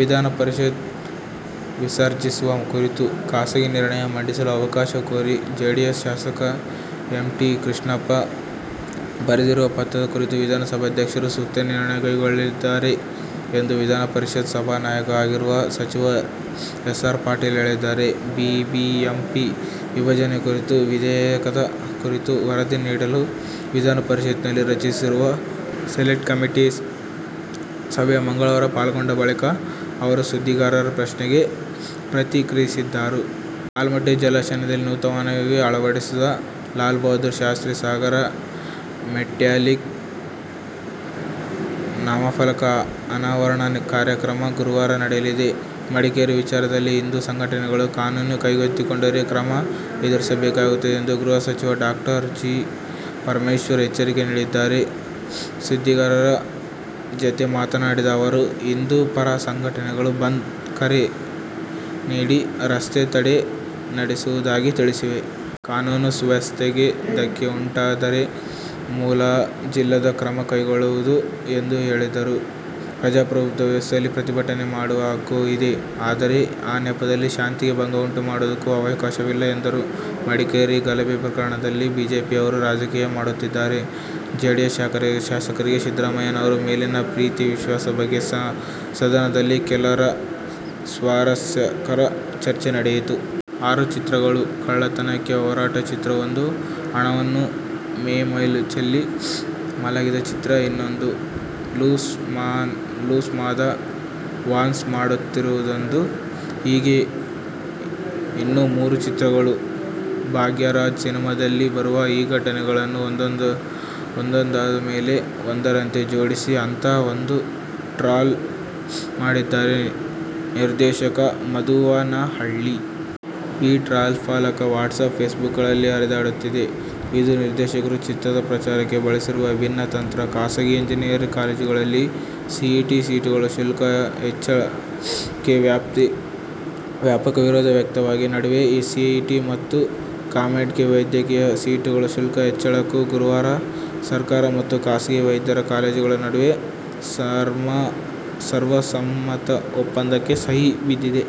ವಿಧಾನ ಪರಿಷತ್ ವಿಸರ್ಜಿಸುವ ಕುರಿತು ಖಾಸಗಿ ನಿರ್ಣಯ ಮಂಡಿಸಲು ಅವಕಾಶ ಕೋರಿ ಜೆಡಿಎಸ್ ಶಾಸಕ ಎಂ. ಟಿ. ಕೃಷ್ಣಪ್ಪ ಬರೆದಿರುವ ಪತ್ರದ ಕುರಿತು ವಿಧಾನಸಭೆ ಅಧ್ಯಕ್ಷರು ಸೂಕ್ತ ನಿರ್ಣಯ ಕೈಗೊಳ್ಳಲಿದ್ದಾರೆ ಎಂದು ವಿಧಾನ ಪರಿಷತ್ ಸಭಾನಾಯಕರೂ ಆಗಿರುವ ಸಚಿವ ಎಸ್. ಆರ್. ಪಾಟೀಲ್ ಹೇಳಿದ್ದಾರೆ. ಬಿಬಿಎಂಪಿ ವಿಭಜನೆ ಕುರಿತ ವಿಧೇಯಕದ ಕುರಿತು ವರದಿ ನೀಡಲು ವಿಧಾನ ಪರಿಷತ್ತಿನಲ್ಲಿ ರಚಿಸಲಾಗಿರುವ ಸೆಲೆಕ್ಟ್ ಕಮಿಟಿ ಸಭೆಯಲ್ಲಿ ಮಂಗಳವಾರ ಪಾಲ್ಗೊಂಡ ಬಳಿಕ ಅವರು ಸುದ್ದಿಗಾರರ ಪ್ರಶ್ನೆಗೆ ಪ್ರತಿಕ್ರಿಯಿಸಿದರು. ಆಲಮಟ್ಟಿ ಜಲಾಶಯದಲ್ಲಿ ನೂತನವಾಗಿ ಅಳವಡಿಸಿದ "ಲಾಲ್ ಬಹದ್ದೂರ್ ಶಾಸ್ತ್ರೀ ಸಾಗರ' ಮೆಟ್ಯಾಲಿಕ್ ನಾಮಫಲಕ ಅನಾವರಣ ಕಾರ್ಯಕ್ರಮ ಗುರುವಾರ ನಡೆಯಲಿದೆ. ಮಡಿಕೇರಿ ವಿಚಾರದಲ್ಲಿ ಹಿಂದೂ ಸಂಘಟನೆಗಳು ಕಾನೂನು ಕೈಗೆತ್ತಿಕೊಂಡರೆ ಕ್ರಮ ಎದುರಿಸಬೇಕಾಗುತ್ತದೆ ಎಂದು ಗೃಹ ಸಚಿವ ಡಾ ಜಿ. ಪರಮೇಶ್ವರ್ ಎಚ್ಚರಿಕೆ ನೀಡಿದ್ದಾರೆ. ಸುದ್ದಿಗಾರರ ಜತೆ ಮಾತನಾಡಿದ ಅವರು, ಹಿಂದೂ ಪರ ಸಂಘಟನೆಗಳು ಬಂದ್ ಕರೆ ನೀಡಿ, ರಸ್ತೆ ತಡೆ ನಡೆಸುವುದಾಗಿ ತಿಳಿಸಿವೆ. ಕಾನೂನುಸುವ್ಯವಸ್ಥೆಗೆ ಧಕ್ಕೆ ಉಂಟಾದರೆ ಮುಲಾಜಿಲ್ಲದೆ ಕ್ರಮ ಕೈಗೊಳ್ಳಲಾಗುವುದು ಎಂದು ಹೇಳಿದರು. ಪ್ರಜಾಪ್ರಭುತ್ವ ವ್ಯವಸ್ಥೆಯಲ್ಲಿ ಪ್ರತಿಭಟನೆ ಮಾಡುವ ಹಕ್ಕು ಇದೆ. ಆದರೆ, ಆ ನೆಪದಲ್ಲಿ ಶಾಂತಿಗೆ ಭಂಗ ಉಂಟು ಮಾಡುವುದಕ್ಕೆ ಅವಕಾಶವಿಲ್ಲ ಎಂದರು. ಮಡಿಕೇರಿ ಗಲಭೆ ಪ್ರಕರಣದಲ್ಲಿ ಬಿಜೆಪಿಯವರು ರಾಜಕೀಯ ಮಾಡುತ್ತಿದ್ದಾರೆ. ಜೆಡಿಎಸ್ ಶಾಸಕರಿಗೆ ಸಿದ್ದರಾಮಯ್ಯನವರ ಮೇಲಿರುವ ಪ್ರೀತಿ-ವಿಶ್ವಾಸದ ಬಗ್ಗೆ ಸದನದಲ್ಲಿ ಕೆಲಕಾಲ ಸ್ವಾರಸ್ಯಕರ ಚರ್ಚೆ ನಡೆಯಿತು. ಆರು ಚಿತ್ರಗಳು. ಕಳ್ಳತನಕ್ಕೆ ಹೊರಟ ಚಿತ್ರವೊಂದು. ಹಣವನ್ನು ಮೈಮೇಲೆ ಚೆಲ್ಲಿ ಮಲಗಿದ ಚಿತ್ರ ಇನ್ನೊಂದು. ಲೂಸ್ ಮಾದ ವಾರ್ನ್ ಮಾಡುತ್ತಿರುವುದೊಂದು. ಹೀಗೇ ಇನ್ನೂ ಮೂರು ಚಿತ್ರಗಳು. "ಭಾಗ್ಯರಾಜ್' ಸಿನಿಮಾದಲ್ಲಿ ಬರುವ ಈ ಘಟನೆಗಳನ್ನು ಒಂದಾದಮೇಲೆ ಒಂದರಂತೆ ಜೋಡಿಸಿ ಅಂತ ಒಂದು ಟ್ರಾಲ್ ಮಾಡಿದ್ದಾರೆ ನಿರ್ದೇಶಕ ಮಧುವನಹಳ್ಳಿ. ಈ ಟ್ರಾಲ್ಫಲಕ ವಾಟ್ಸಪ್, ಫೇಸ್ಬುಕ್ಗಳಲ್ಲಿ ಹರಿದಾಡುತ್ತಿದೆ. ಇದು ನಿರ್ದೇಶಕರು ಚಿತ್ರದ ಪ್ರಚಾರಕ್ಕೆ ಬಳಸಿರುವ ವಿಭಿನ್ನ ತಂತ್ರ. ಖಾಸಗಿ ಇಂಜಿನಿಯರಿಂಗ್ ಕಾಲೇಜುಗಳಲ್ಲಿನ ಸಿಇಟಿ ಸೀಟುಗಳ ಶುಲ್ಕ ಹೆಚ್ಚಳಕ್ಕೆ ವ್ಯಾಪಕ ವಿರೋಧ ವ್ಯಕ್ತವಾಗಿರುವ ನಡುವೆಯೇ ಸಿಇಟಿ ಮತ್ತು ಕಾಮೆಡ್-ಕೆ ವೈದ್ಯಕೀಯ ಸೀಟುಗಳ ಶುಲ್ಕ ಹೆಚ್ಚಳಕ್ಕೂ ಗುರುವಾರ ಸರ್ಕಾರ ಮತ್ತು ಖಾಸಗಿ ವೈದ್ಯಕೀಯ ಕಾಲೇಜುಗಳ ನಡುವೆ ಸರ್ವಸಮ್ಮತ ಒಪ್ಪಂದಕ್ಕೆ ಸಹಿ ಬಿದ್ದಿದೆ.